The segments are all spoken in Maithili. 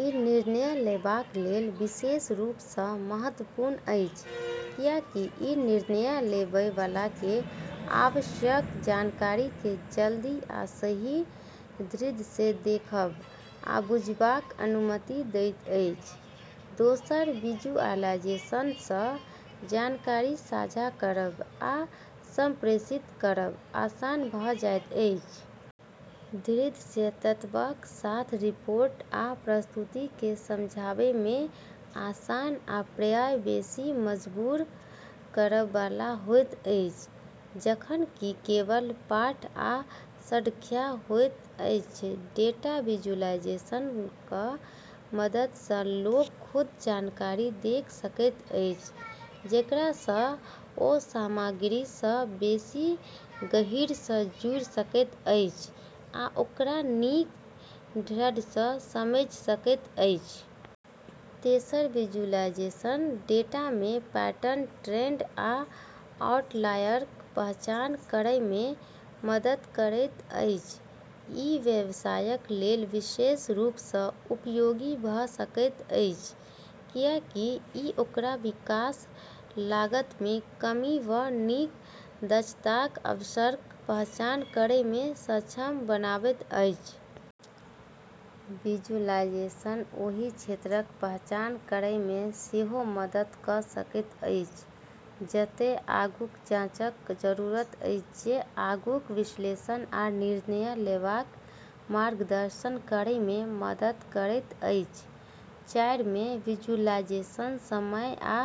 ई निर्णय लेबाक लेल विशेष रूपसँ महत्वपूर्ण अछि, किएकि ई निर्णय लेबय वालाकेँ आवश्यक जानकारीकेँ जल्दी आ सही ढङ्गसँ देखब आ बुझबाक अनुमति दैत अछि। दोसर, विजुअलाइजेशनसँ जानकारी साझा करब आ सम्प्रेषित करब आसान भऽ जाइत अछि। दृश्य तत्वक साथ रिपोर्ट आ प्रस्तुतिकेँ समझायबमे आसान आ प्रायः बेसी मजबूर करब वाला होइत अछि, जखन कि केवल पाठ आ सङ्ख्या होइत अछि। डेटा विजुअलाइजेशनक मददसँ लोक खुद जानकारी देख सकैत अछि, जेकरासँ ओ सामग्रीसँ बेसी गहींरसँ जुड़ि सकैत अछि आ ओकरा नीक ढङ्गसँ समझि सकैत अछि। तेसर, विजुअलाइजेशन डेटामे पैटर्न, ट्रेन्ड आ आउटलायरक पहचान करैमे मदद करैत अछि। ई व्यवसायक लेल विशेष रूपसँ उपयोगी भऽ सकैत अछि, किएकि ई ओकरा विकास, लागतमे कमी, वा नीक दक्षताक अवसरक पहचान करैमे सक्षम बनाबैत अछि। विजुअलाइजेशन ओही क्षेत्रक पहचान करैमे सेहो मदद कऽ सकैत अछि जतय आगूक जाँचक जरूरत अछि, जे आगूक विश्लेषण आ निर्णय लेबाक मार्गदर्शन करैमे मदद करैत अछि। चारिम, विजुअलाइजेशनसँ समय आ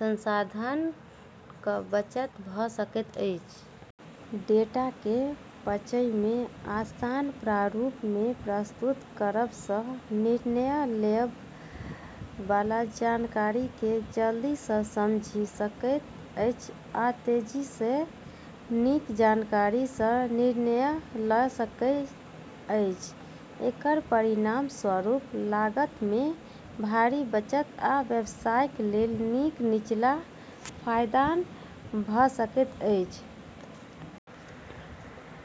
संसाधनक बचत भऽ सकैत अछि। डेटाकेँ पचयमे आसान प्रारूपमे प्रस्तुत करबसँ निर्णय लेबय वाला जानकारीकेँ जल्दीसँ समझि सकैत अछि आ तेजीसँ, नीक जानकारीसँ निर्णय लय सकैत अछि। एकर परिणामस्वरूप लागतमे भारी बचत आ व्यवसायक लेल नीक निचला पायदान भऽ सकैत अछि।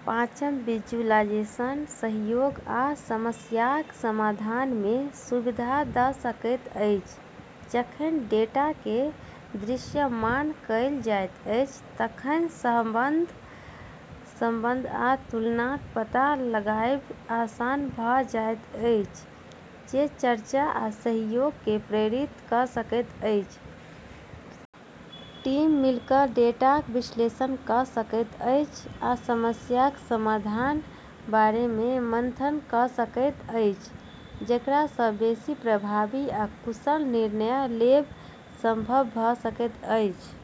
पाँचम, विजुअलाइजेशन सहयोग आ समस्याक समाधानमे सुविधा दऽ सकैत अछि। जखन डेटाकेँ दृश्यमान कएल जाइत अछि तखन सहसम्बन्ध, सम्बन्ध आ तुलनाक पता लगाएब आसान भऽ जाइत अछि, जे चर्चा आ सहयोगकेँ प्रेरित कऽ सकैत अछि। टीम मिलि कऽ डेटाक विश्लेषण कऽ सकैत अछि आ समस्याक समाधानक बारेमे मन्थना कऽ सकैत अछि, जेकरासँ बेसी प्रभावी आ कुशल निर्णय लेब सम्भव भऽ सकैत अछि।